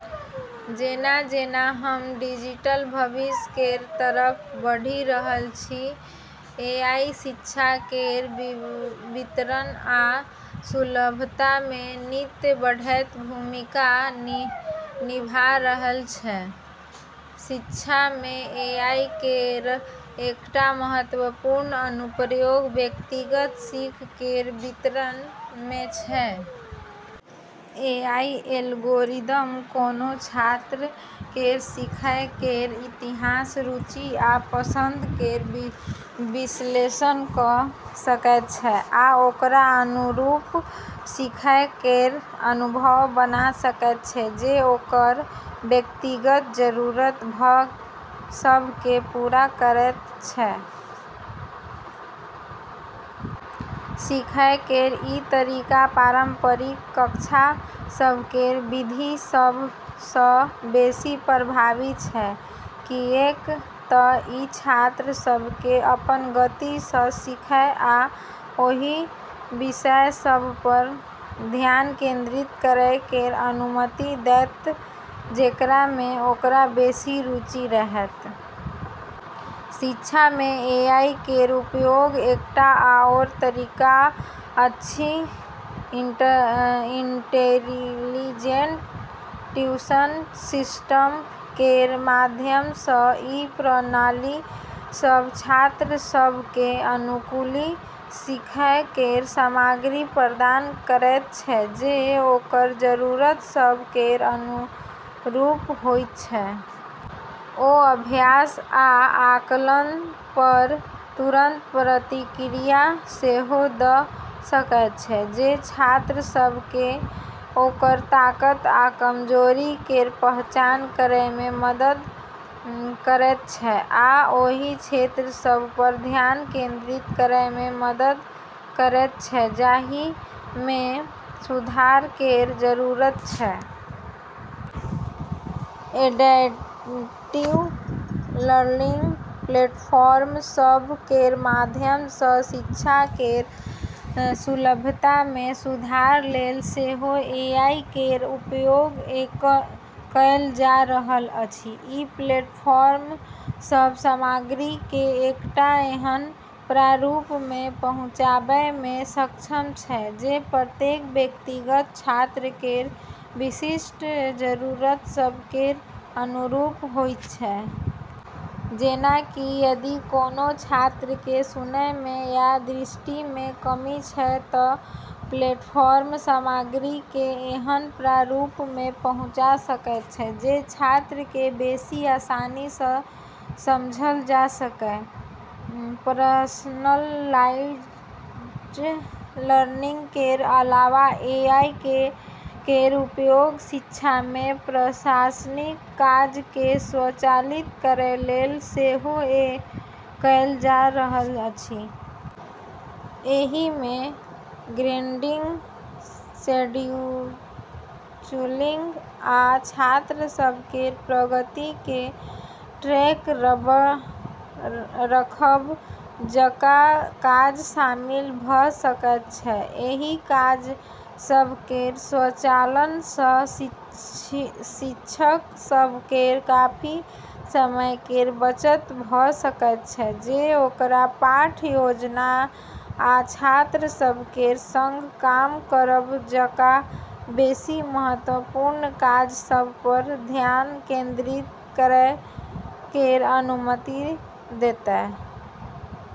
जेना-जेना हम डिजिटल भविष्य केर तरफ बढ़ि रहल छी, एआई शिक्षा केर वितरण आ सुलभता मे नित्य बढ़ैत भूमिका निभा रहल छै। शिक्षा मे एआई केर एकटा महत्वपूर्ण अनुप्रयोग व्यक्तिगत सीख केर वितरण मे छै। एआई एल्गोरिदम कोनो छात्र केर सीखै केर इतिहास, रुचि आ पसंद केर विश्लेषण कऽ सकैत छै आ ओकरा अनुरूप सीखै केर अनुभव बना सकैत छै जे ओकर व्यक्तिगत जरूरत सभ केँ पूरा करैत छै। सीखै केर ई तरीका पारंपरिक कक्षा सभ केर विधि सभ सँ बेसी प्रभावी छै, किऐक त ई छात्र सभ केँ अपन गति सँ सीखै आ ओहि विषय सभ पर ध्यान केंद्रित करै केर अनुमति देतै जेकरा मे ओकरा बेसी रुचि रहतै। शिक्षा मे एआई केर उपयोग एकटा आओर तरीका अछि इंटेलिजेंट ट्यूशन सिस्टम केर माध्यम सँ। ई प्रणाली सभ छात्र सभ केँ अनुकूली सीखै केर सामग्री प्रदान करैत छै जे ओकर जरूरत सभ केर अनुरूप होइत छै। ओ अभ्यास आ आकलन पर तुरंत प्रतिक्रिया सेहो दऽ सकैत छै, जे छात्र सभ केँ ओकर ताकत आ कमजोरी केर पहचान करै मे मदद करैत छै आ ओहि क्षेत्र सभ पर ध्यान केंद्रित करै मे मदद करैत छै जाहि मे सुधार केर जरूरत छै। एडैप्टिव लर्निंग प्लेटफॉर्म सभ केर माध्यम सँ शिक्षा केर सुलभता मे सुधार लेल सेहो एआई केर उपयोग कएल जा रहल अछि। ई प्लेटफॉर्म सभ सामग्री केँ एकटा एहन प्रारूप मे पहुँचाबै मे सक्षम छै जे प्रत्येक व्यक्तिगत छात्र केर विशिष्ट जरूरत सभ केर अनुरूप होइत छै। जेना कि यदि कोनो छात्र केँ सुनै मे या दृष्टि मे कमी छै, त प्लेटफॉर्म सामग्री केँ एहन प्रारूप मे पहुँचा सकैत छै जे छात्र केँ बेसी आसानी सँ समझल जा सकै। पर्सनलाइज्ड लर्निंग केर अलावा एआई केर उपयोग शिक्षा मे प्रशासनिक काज केँ स्वचालित करै लेल सेहो कएल जा रहल अछि। एहि मे ग्रेडिंग, शेड्यूलिंग, आ छात्र सभ केर प्रगति केँ ट्रैक रखब जकाँ काज शामिल भऽ सकैत छै। एहि काज सभ केर स्वचालन सँ शिक्षक सभ केर काफी समय केर बचत भऽ सकैत छै, जे ओकरा पाठ योजना आ छात्र सभ केर संग काम करब जकाँ बेसी महत्वपूर्ण काज सभ पर ध्यान केंद्रित करै केर अनुमति देतै।